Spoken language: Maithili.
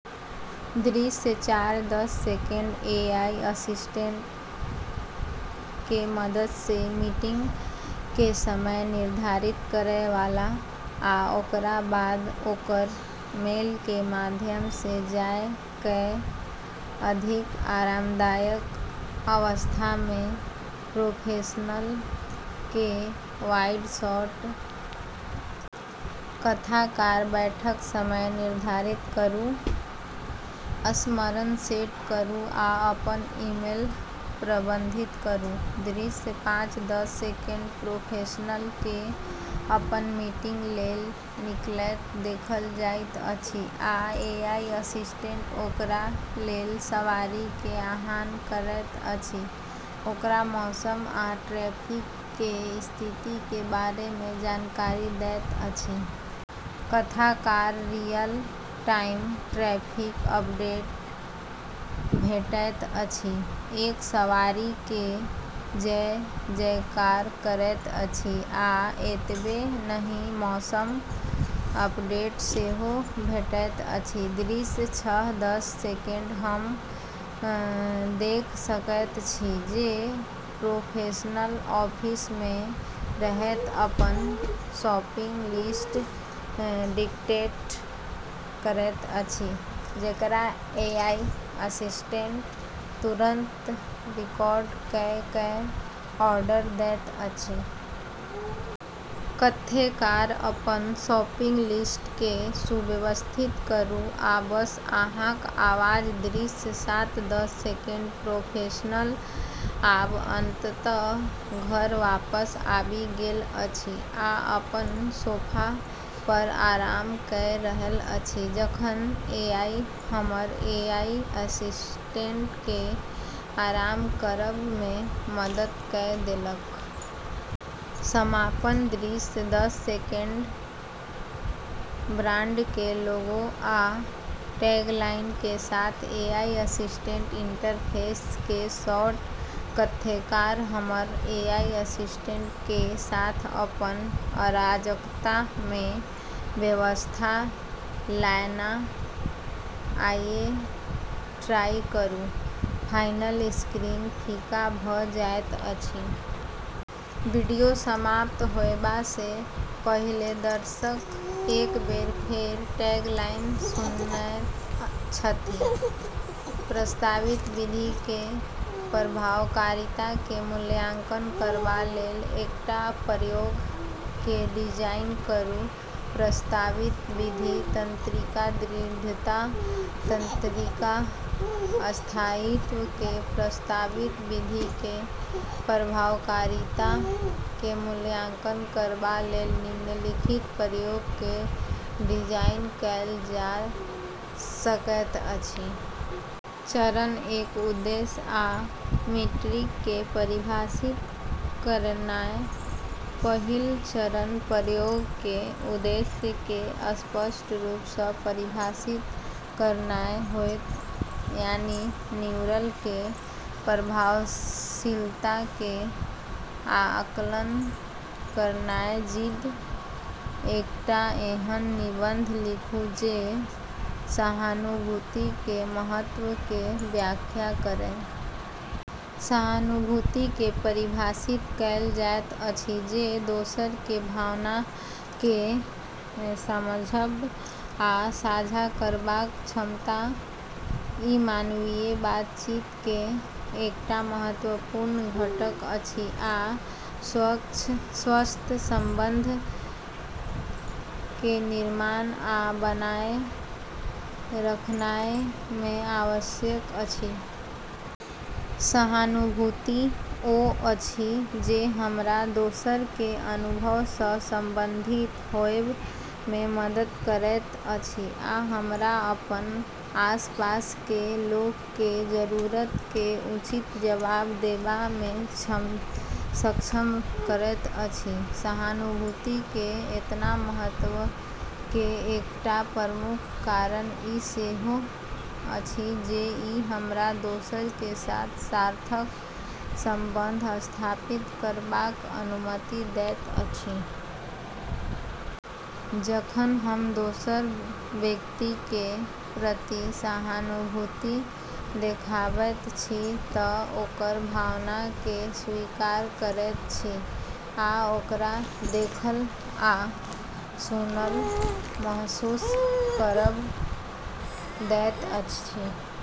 दृश्य चार दस सेकंड एआई असिस्टेंट के मदद सँ मीटिंग के समय निर्धारित करय वाला आ ओकरा बाद ओकर मेल के माध्यम सँ जाय कए अधिक आरामदायक अवस्था मे प्रोफेशनल के वाइड शॉट। कथाकार बैठक समय निर्धारित करू, स्मरण सेट करू, आ अपन ईमेल प्रबंधित करू। दृश्य पाँच दस सेकंड प्रोफेशनल के अपन मीटिंग लेल निकलैत देखल जाइत अछि आ एआई असिस्टेंट ओकरा लेल सवारी के आह्वान करैत अछि, ओकरा मौसम आ ट्रैफिक के स्थिति के बारे मे जानकारी दैत अछि। कथाकार रियल-टाइम ट्रैफिक अपडेट भेटैत अछि, एक सवारी के जय-जयकार करैत अछि, आ एतबे नहि मौसम अपडेट सेहो भेटैत अछि। दृश्य छह दस सेकंड हम देख सकैत छी जे प्रोफेशनल ऑफिस मे रहैत अपन शॉपिंग लिस्ट डिक्टेट करैत अछि, जकरा एआई असिस्टेंट तुरंत रिकॉर्ड कए कए ऑर्डर दैत अछि। कथ्यकार अपन शॉपिंग लिस्ट के सुव्यवस्थित करू आ बस अहाँक आवाज। दृश्य सात दस सेकंड प्रोफेशनल आब अंततः घर वापस आबि गेल अछि, आ अपन सोफा पर आराम कए रहल अछि जखन एआई हमर एआई असिस्टेंट के आराम करब मे मदद कए देलक। समापन दृश्य दस सेकंड ब्रांड के लोगो आ टैगलाइन के साथ एआई असिस्टेंट इंटरफेस के शॉट। कथ्यकार हमर एआई असिस्टेंट के साथ अपन अराजकता मे व्यवस्था लानै। आइये ट्राई करू। फाइनल स्क्रीन फीका भ जाइत अछि। वीडियो समाप्त होयबा सँ पहिने दर्शक एक बेर फेर टैगलाइन सुनैत छथि। प्रस्तावित विधि के प्रभावकारिता के मूल्यांकन करबा लेल एकटा प्रयोग के डिजाइन करू। प्रस्तावित विधि तंत्रिका दृढ़ता। तंत्रिका स्थायित्व के प्रस्तावित विधि के प्रभावकारिता के मूल्यांकन करबा लेल निम्नलिखित प्रयोग के डिजाइन कएल जा सकैत अछि। चरण एक उद्देश्य आ मीट्रिक के परिभाषित करनाय। पहिल चरण प्रयोग के उद्देश्य के स्पष्ट रूप सँ परिभाषित करनाय होयत, यानी न्यूरल के प्रभावशीलता के आकलन करनाय जिद। एकटा एहन निबंध लिखू जे सहानुभूति के महत्व के व्याख्या करय। सहानुभूति के परिभाषित कएल जाइत अछि जे दोसर के भावना के समझब आ साझा करबाक क्षमता। ई मानवीय बातचीत के एकटा महत्वपूर्ण घटक अछि आ स्वस्थ संबंध के निर्माण आ बनाए रखनाय मे आवश्यक अछि। सहानुभूति ओ अछि जे हमरा दोसर के अनुभव सँ संबंधित होयब मे मदद करैत अछि आ हमरा अपन आसपास के लोक के जरूरत के उचित जवाब देबा मे सक्षम करैत अछि। सहानुभूति के एतना महत्व के एकटा प्रमुख कारण ई सेहो अछि जे ई हमरा दोसर के साथ सार्थक संबंध स्थापित करबाक अनुमति दैत अछि। जखन हम दोसर व्यक्ति के प्रति सहानुभूति देखाबैत छी त ओकर भावना के स्वीकार करैत छी आ ओकरा देखल आ सुनल महसूस करब दैत छी।